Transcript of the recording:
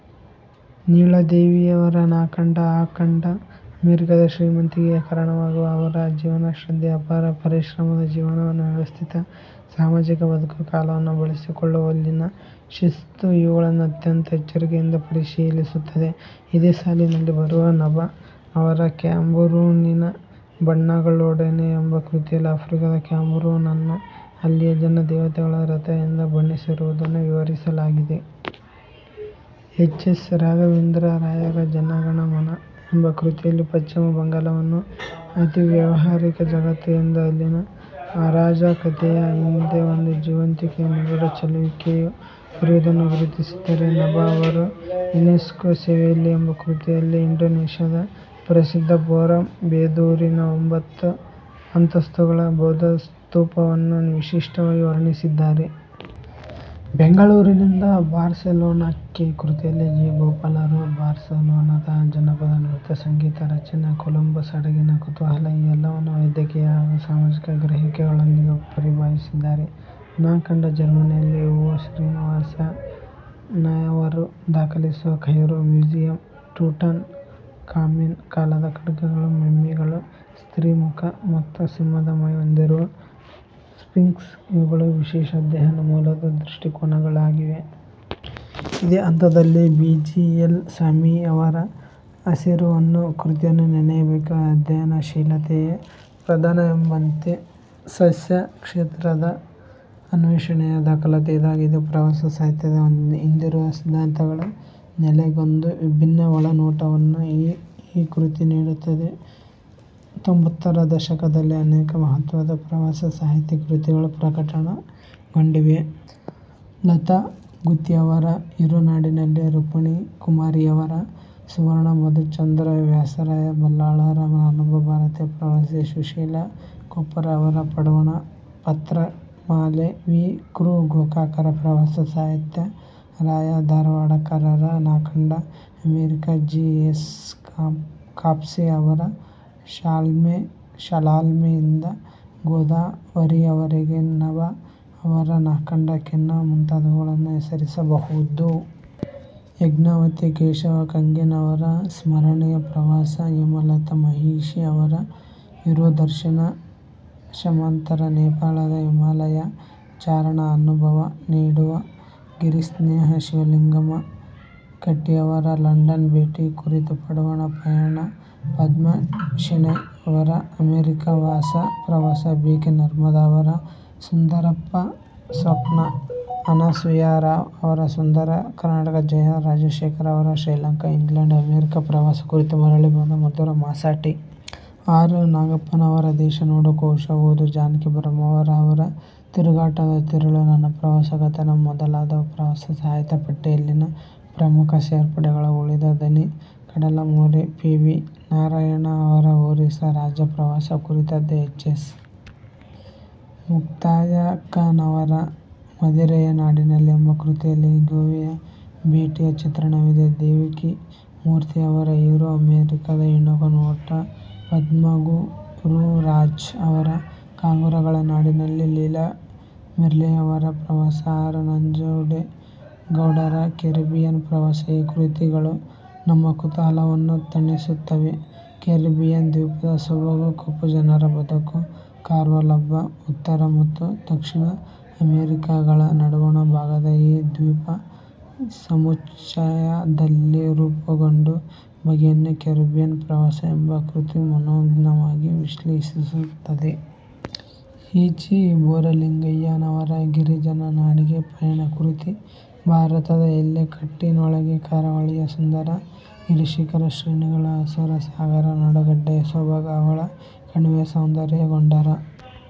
ನೀಳಾದೇವಿಯವರ ನಾ ಕಂಡ ಆ ಖಂಡ ಅಮೆರಿಕದ ಶ್ರೀಮಂತಿಕೆಗೆ ಕಾರಣವಾಗುವ ಅವರ ಜೀವನಶ್ರದ್ಧೆ, ಅಪಾರ ಪರಿಶ್ರಮದ ಜೀವನವನ್ನು ವ್ಯವಸ್ಥಿತ ಸಾಮಾಜಿಕ ಬದುಕು, ಕಾಲವನ್ನು ಬಳಸಿಕೊಳ್ಳುವಲ್ಲಿನ ಶಿಸ್ತು- ಇವುಗಳನ್ನು ಅತ್ಯಂತ ಎಚ್ಚರಿಕೆಯಿಂದ ಪರಿಶೀಲಿಸುತ್ತದೆ. ಇದೇ ಸಾಲಿನಲ್ಲಿ ಬರುವ ನಭ ಅವರ ಕ್ಯಾಮರೂನಿನ ಬಣಗಳೊಡನೆ ಎಂಬ ಕೃತಿಯಲ್ಲಿ ಆಫ್ರಿಕಾದ ಕ್ಯಾಮರೂನನ್ನು ಅಲ್ಲಿಯ ಜನ ದೇವತೆಗಳ ರಥ ಎಂದು ಬಣ್ಣಿಸಿರುವುದನ್ನು ವಿವರಿಸಲಾಗಿದೆ. ಎಚ್. ಎಸ್. ರಾಘವೇಂದ್ರರಾಯರ "ಜನಗಣಮನ" ಎಂಬ ಕೃತಿಯಲ್ಲಿ ಪಶ್ಚಿಮ ಬಂಗಾಲವನ್ನು ಅತೀ ವ್ಯಾವಹಾರಿಕ ಜಗತ್ತು ಎಂದೂ ಅಲ್ಲಿನ ಅರಾಜಕತೆಯ ಹಿಂದೆ ಒಂದು ಜೀವಂತಿಕೆಯೂ ನಿಗೂಢ ಚೆಲುವಿಕೆಯೂ ಇರುವುದನ್ನು ಗುರುತಿಸಿದ್ದಾರೆ. ನಭ ಅವರು ಯುನೆಸ್ಕೋ ಸೇವೆಯಲ್ಲಿ ಎಂಬ ಕೃತಿಯಲ್ಲಿ ಇಂಡೊನೇಷ್ಯದ ಪ್ರಸಿದ್ಧ ಬೋರಾಂ ಬೋದೂರಿನ ಒಂಬತ್ತು ಅಂತಸ್ತುಗಳ ಬೌದ್ಧ ಸ್ತೂಪವನ್ನು ವಿಶಿಷ್ಟವಾಗಿ ವರ್ಣಿಸಿದ್ದಾರೆ. ಬೆಂಗಳೂರಿಂದ ಬಾರ್ಸೆಲೋನಾಕ್ಕೆ ಕೃತಿಯಲ್ಲಿ ಜಿ. ಗೋಪಾಲರು ಬಾರ್ಸೆಲೋನಾದ ಜನಪದ ನೃತ್ಯ, ಸಂಗೀತ ರಚನೆ, ಕೊಲಂಬಸ್ ಹಡಗಿನ ಕುತೂಹಲ ಈ ಎಲ್ಲವನ್ನೂ ವೈದ್ಯಕೀಯ ಹಾಗೂ ಸಾಮಾಜಿಕ ಗ್ರಹಿಕೆಗಳೊಂದಿಗೆ ಪರಿಭಾವಿಸಿದ್ದಾರೆ. ನಾ ಕಂಡ ಜರ್ಮನಿಯಲ್ಲಿ ಹೊ. ಶ್ರೀನಿವಾಸಯ್ಯನವರು ದಾಖಲಿಸುವ ಕೈರೋ ಮ್ಯೂಸಿಯಂ, ಟುಟುನ್ ಖಾಮೆನ್ ಕಾಲದ ಖಡ್ಗಗಳು, ಮಮ್ಮಿಗಳು, ಸ್ತ್ರೀ ಮುಖ ಮತ್ತು ಸಿಂಹದ ಮೈ ಹೊಂದಿರುವ ಸ್ಫಿಂಕ್ಸ್ ಇವುಗಳು ವಿಶೇಷ ಅಧ್ಯಯನ ಮೂಲದ ದೃಷ್ಟಿಕೋನಗಳಾಗಿವೆ. ಇದೇ ಹಂತದಲ್ಲಿ ಬಿ. ಜಿ. ಎಲ್. ಸ್ವಾಮಿಯವರ "ಹಸಿರು ಹೊನ್ನು" ಕೃತಿಯನ್ನೂ ನೆನೆಯಬೇಕು. ಅಧ್ಯಯನಶೀಲತೆಯೇ ಪ್ರಧಾನ ಎಂಬಂತೆ ಸಸ್ಯಕ್ಷೇತ್ರದ ಅನ್ವೇಷಣೆಯ ದಾಖಲಾತಿ ಇದಾಗಿದೆ. ಪ್ರವಾಸ ಸಾಹಿತ್ಯದ ಹಿಂದಿರುವ ಸಿದ್ಧಾಂತಗಳ ನೆಲೆಗೊಂದು ಬಿನ್ನ ಒಳನೋಟವನ್ನು ಈ ಕೃತಿ ನೀಡುತ್ತದೆ. ತೊಂಭತ್ತರ ದಶಕದಲ್ಲಿ ಅನೇಕ ಮಹತ್ವದ ಪ್ರವಾಸ ಸಾಹಿತ್ಯ ಕೃತಿಗಳು ಪ್ರಕಟಗೊಂಡಿವೆ. ಲತಾಗುತ್ತಿಯವರ ಯುರೋನಾಡಿನಲ್ಲಿ, ರುಕ್ಮಿಣಿಕುಮಾರಿಯವರ ಸುವರ್ಣ ಮಧುಚಂದ್ರ, ವ್ಯಾಸರಾಯ ಬಲ್ಲಾಳರ ನಾನೊಬ್ಬ ಭಾರತೀಯ ಪ್ರವಾಸಿ, ಸುಶೀಲಾ ಕೊಪ್ಪರ ಅವರ ಪಡುವಣ ಪತ್ರಮಾಲೆ, ವಿ. ಕೃ. ಗೋಕಾಕರ ಪ್ರವಾಸ ಸಾಹಿತ್ಯ, ರಾ. ಯ. ಧಾರವಾಡಕರರ ನಾಕಂಡ ಅಮೆರಿಕೆ, ಜಿ. ಎಸ್. ಕಾಪಸೆ ಅವರ ಶಾಲ್ಮಲೆಯಿಂದ ಗೋದಾವರಿವರೆಗೆ, ನಭ ಅವರ ನಾ ಕಂಡ ಕೆನ್ಯಾ ಮುಂತಾದುವುಗಳನ್ನು ಹೆಸರಿಸಬಹುದು. ಯಜ್ಞವತಿ ಕೇಶವ ಕಂಗೆನ್ ಅವರ ಸ್ಮರಣೀಯ ಪ್ರವಾಸ, ಹೇಮಲತಾ ಮಹಿಷಿ ಅವರ ಯುರೋದರ್ಶನ, ಶಮಂತರ ನೇಪಾಳದ ಹಿಮಾಲಯ ಚಾರಣ ಅನುಭವ ನೀಡುವ ಗಿರಿಸ್ನೇಹ, ಶಿವಲಿಂಗಮ್ಮ ಕಟ್ಟಿಯವರ ಲಂಡನ್ ಭೇಟಿ ಕುರಿತ ಪಡುವಣ ಪಯಣ, ಪದ್ಮಾಶೆಣೈ ಅವರ ಅಮೆರಿಕವಾಸ ಪ್ರವಾಸ, ಬಿ. ಕೆ. ನರ್ಮದ ಅವರ ಸುಂದರಸ್ವಪ್ನ, ಅನಸೂಯಾ ರಾವ್ ಅವರ ಸುಂದರ ಕರ್ನಾಟಕ ಜಯಾ ರಾಜಶೇಖರ ಅವರ ಶ್ರೀಲಂಕಾ ಇಂಗ್ಲೆಂಡ್ ಅಮೆರಿಕಾ ಪ್ರವಾಸ ಕುರಿತ ಮರಳಿ ಬಂದ ಮಧುರ ಮಾಸ ಟಿ. ಆರ್. ನಾಗಪ್ಪನವರ ದೇಶ ನೋಡು ಕೋಶ ಓದು ಜಾನಕಿ ಬ್ರಹ್ಮಾವರ ಅವರ ತಿರುಗಾಟದ ತಿರುಳು, ನನ್ನ ಪ್ರವಾಸ ಕಥನ ಮೊದಲಾದವು ಪ್ರವಾಸ ಸಾಹಿತ್ಯ ಪಟ್ಟಿಯಲ್ಲಿನ ಪ್ರಮುಖ ಸೇರ್ಪಡೆಗಳು. ಉಳಿಯ ದನಿ ಕಡಲಮೊರೆ ಪಿ. ವಿ. ನಾರಾಯಣ ಅವರ ಒರಿಸ್ಸ ರಾಜ್ಯ ಪ್ರವಾಸ ಕುರಿತದ್ದು. ಎಚ್. ಎಸ್. ಮುಕ್ತಾಯಕ್ಕನವರ ಮದಿರೆಯ ನಾಡಿನಲ್ಲಿ ಎಂಬ ಕೃತಿಯಲ್ಲಿ ಗೋವೆಯ ಭೇಟಿಯ ಚಿತ್ರಣವಿದೆ. ದೇವಕೀ ಮೂರ್ತಿ ಅವರ ಯುರೋ ಅಮೆರಿಕಾದ ಇಣುಕುನೋಟ, ಪದ್ಮಗುರುರಾಜ್ ಅವರ ಕಾಂಗರೂಗಳ ನಾಡಿನಲ್ಲಿ, ಲೀಲಾ ಮಿರ್ಲೆಯವರ ಪ್ರವಾಸ, ಆರ್. ನಂಜುಂಡೇಗೌಡರ ಕೆರೆಬಿಯನ್ ಪ್ರವಾಸ, ಈ ಕೃತಿಗಳು ನಮ್ಮ ಕುತೂಹಲವನ್ನು ತಣಿಸುತ್ತವೆ. ಕೆರೆಬಿಯನ್ ದ್ವೀಪದ ಸೊಬಗು ಕಪ್ಪುಜನರ ಬದುಕು ಕಾರ್ವಾಲ್ ಹಬ್ಬ, ಉತ್ತರ ಮತ್ತು ದಕ್ಷಿಣ ಅಮೆರಿಕಗಳ ನಡುವಣ ಭಾಗದ ಈ ದ್ವೀಪ ಸಮುಚ್ಚಯದಲ್ಲಿ ರೂಪುಗೊಂಡ ಬಗೆಯನ್ನು ಕೆರೆಬಿಯನ್ ಪ್ರವಾಸ ಎಂಬ ಕೃತಿ ಮನೋಜ್ಞವಾಗಿ ವಿಶ್ಲೇಷಿಸುತ್ತದೆ. ಹಿ. ಚಿ. ಬೋರಲಿಂಗಯ್ಯನವರ ಗಿರಿಜನ ನಾಡಿಗೆ ಪಯಣ ಕೃತಿ ಭಾರತದ ಎಲ್ಲೆಕಟ್ಟಿನೊಳಗೆ ಕರಾವಳಿಯ ಸುಂದರ ಗಿರಿಶಿಖರ ಶ್ರೇಣಿಗಳು, ಹಸುರು, ಸಾಗರ ನಡುಗಡ್ಡೆಯ ಸೊಬಗು, ಹವಳ ಕಣಿವೆಯ ಸೌಂದರ್ಯ, ಗೊಂಡರ